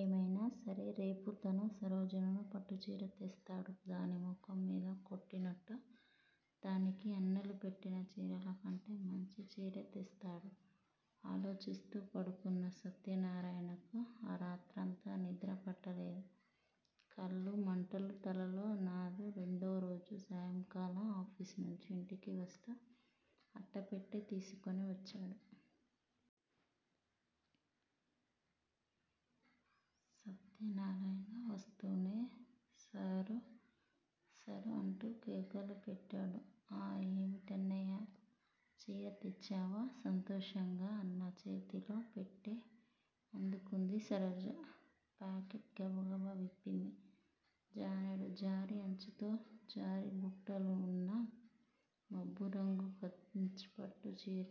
ఏమైనా సరే రేపు తను సరోజను పట్టుచీర తెస్తాడు. దాని ముఖం మీద కొట్టినట్టు, దానికి అన్నలు పెట్టిన చీరల కంటే మంచి చీరే తెస్తాడు. ఆలోచిస్తూ పడుకున్న సత్యనారాయణకు ఆరాత్రంతా నిద్ర పట్టలేదు కళ్ళు మంటలు. తలలో నాదు. రెండో రోజు సాయంకాలం ఆఫీసు నుంచి ఇంటికి వస్తూ అట్ట పెట్టె తీసుకొని వచ్చాడు. సత్యనారాయణ. వస్తూనే సరూ! సరూ! అంటూ కేకలు పెట్టాడు. ఆ ఏమిటన్నయ్యా? చీర తెచ్చావా? సంతోషంగా అన్న చేతిలో పెట్టె అందుకుంది సరోజ. పాకెట్ గబగబా విప్పింది. జానెడు జరీ అంచుతో, జరీ బుట్టాలువున్న మబ్బురంగు కంచిపట్టు చీర.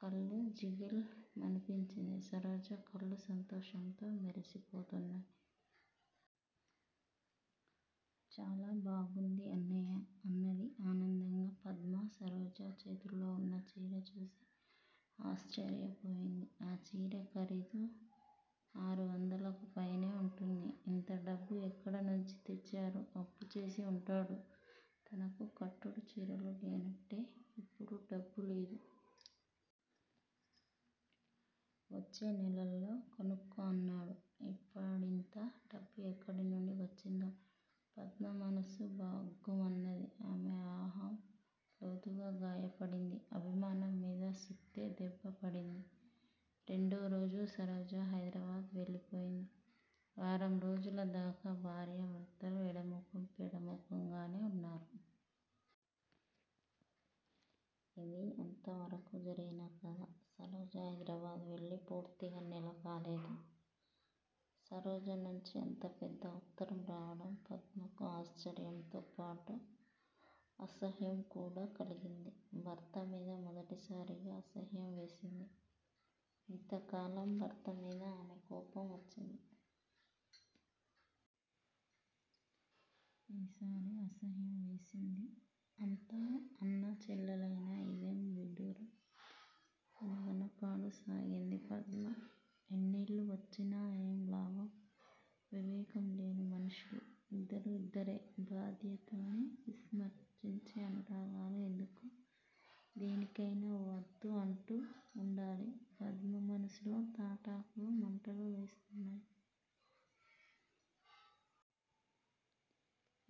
కళ్ళు జిగేల్ మనిపించింది. సరోజ కళ్ళు సంతోషంతో మెరిసిపోతున్నాయి. చాలా బాగుంది అన్నయ్యా! అన్నది ఆనందంగా. పద్మ సరోజ చేతుల్లో వున్న చీర చూసి ఆశ్చర్యపోయింది. ఆ చీర ఖరీదు ఆరు వందలకు పైనే వుంటుంది. ఇంత డబ్బు ఎక్కడ నుంచి తెచ్చారు? అప్పు చేసి వుంటాడు. తనకు కట్టుడు చీరలు లేనంటే ఇప్పుడు డబ్బు లేదు. వచ్చే నెలలో కొనుక్కో అన్నాడు! ఇప్పుడింత డబ్బు ఎక్కడి నుండి వచ్చిందో? పద్మ మనసు భగ్గుమన్నది. ఆమె అహం లోతుగా గాయపడింది. అభిమానం మీద సుత్తి దెబ్బ పడింది! రెండో రోజు సరోజ హైదరాబాద్ వెళ్ళిపోయింది. వారం రోజుల దాకా భార్యా భర్తలు ఎడముఖం పెడ ముఖంగానే వున్నారు! ఇదీ అంతవరకు జరిగిన కధ! సరోజ హైదరాబాద్ వెళ్ళి పూర్తిగా నెల కాలేదు! సరోజ నుంచి అంత పెద్ద ఉత్తరం రావడం పద్మకు ఆశ్చర్యంతో పాటు, అసహ్యం కూడా కలిగింది, భర్త మీద మొదటిసారిగా అసహ్యం వేసింది! ఇంత కాలం భర్త మీద ఆమె కోపం వచ్చింది! ఈసారి అసహ్యం వేసింది. ఎంత అన్నా చెళ్ళెలైణా ఇదేం విడ్డూరం. మధన పడు సాగింది పద్మ! ఎన్నేళ్ళు వచ్చినా ఏం లాభం! వివేకం లేని మనుషులు! ఇద్దరూ ఇద్దరే! బాధ్యతల్ని విస్మరించే అనురాగాలు ఎందుకు? దేనికైనా ఓ హద్దు అంటూ వుండాలి! పద్మ మనసులో తాటాకులు మంటలు లేస్తునాయ్!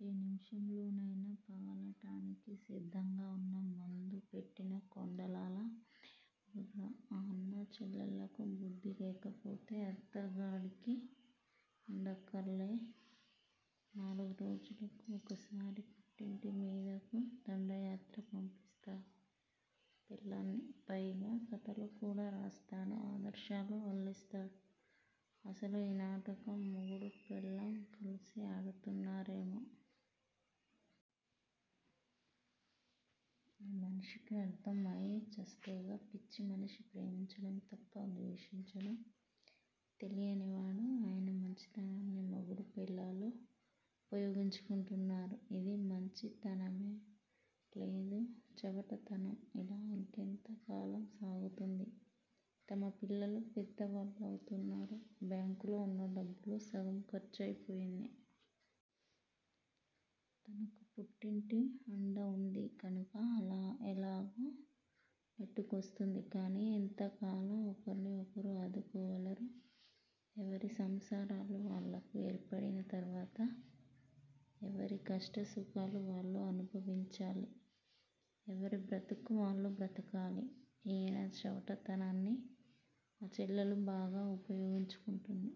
ఏ నిమిషంలోనైనా పగలటానికి సిద్ధంగా వున్న మందు పెట్టిన కొండలాలా వుంది బుర్ర! ఆ అన్న చెల్లెళ్ళకు బుద్ధి లేకపోతే అతగాడికి వుండక్కర్లా? నాలుగు రోజులకు ఒకసారి పుట్టింటి మీదకు దండయాత్ర పంపిస్తాడా పెళ్ళాన్ని? పైగా కధలు కూడా రాస్తాడు! ఆదర్శాలు వల్లిస్తాడు! అసలు ఈ నాటకం మొగుడూ పెళ్ళాం కలిసే ఆడుతున్నా రేమో? ఈ మనిషికి అర్థం అయి చస్తేగా! పిచ్చి మనిషి! ప్రేమించడం తప్ప ద్వేషించడం తెలియనివాడు! ఆయన మంచితనాన్ని మొగుడూ పెళ్ళాలు ఉపయోగించుకుంటున్నారు! ఇది మంచి తనమా? లేదు. చవటతనం! ఇలా ఇంకెంత కాలం సాగుతుంది? తమ పిల్లలూ పెద్ద వాళ్ళవుతున్నారు! బ్యాంకులో వున్న డబ్బులో సగం ఖర్చు అయి పోయింది! తనకు పుట్టింటి అండ వుంది! కనుక ఎలాగో నెట్టుకొస్తుంది! కానీ ఎంతకాలం ఒకర్ని ఒకరు ఆదుకోగలరు? ఎవరి సంసారాలు వాళ్ళకు ఏర్పడిన తర్వాత ఎవరి కష్ట సుఖాలు వాళ్ళు అనుభవించాలి! ఎవరి బ్రతుకు వాళ్ళు బ్రతకాలి! ఈయన చవట తనాన్ని ఆ చెల్లెలు బాగా ఉపయోగించుకుంటోంది!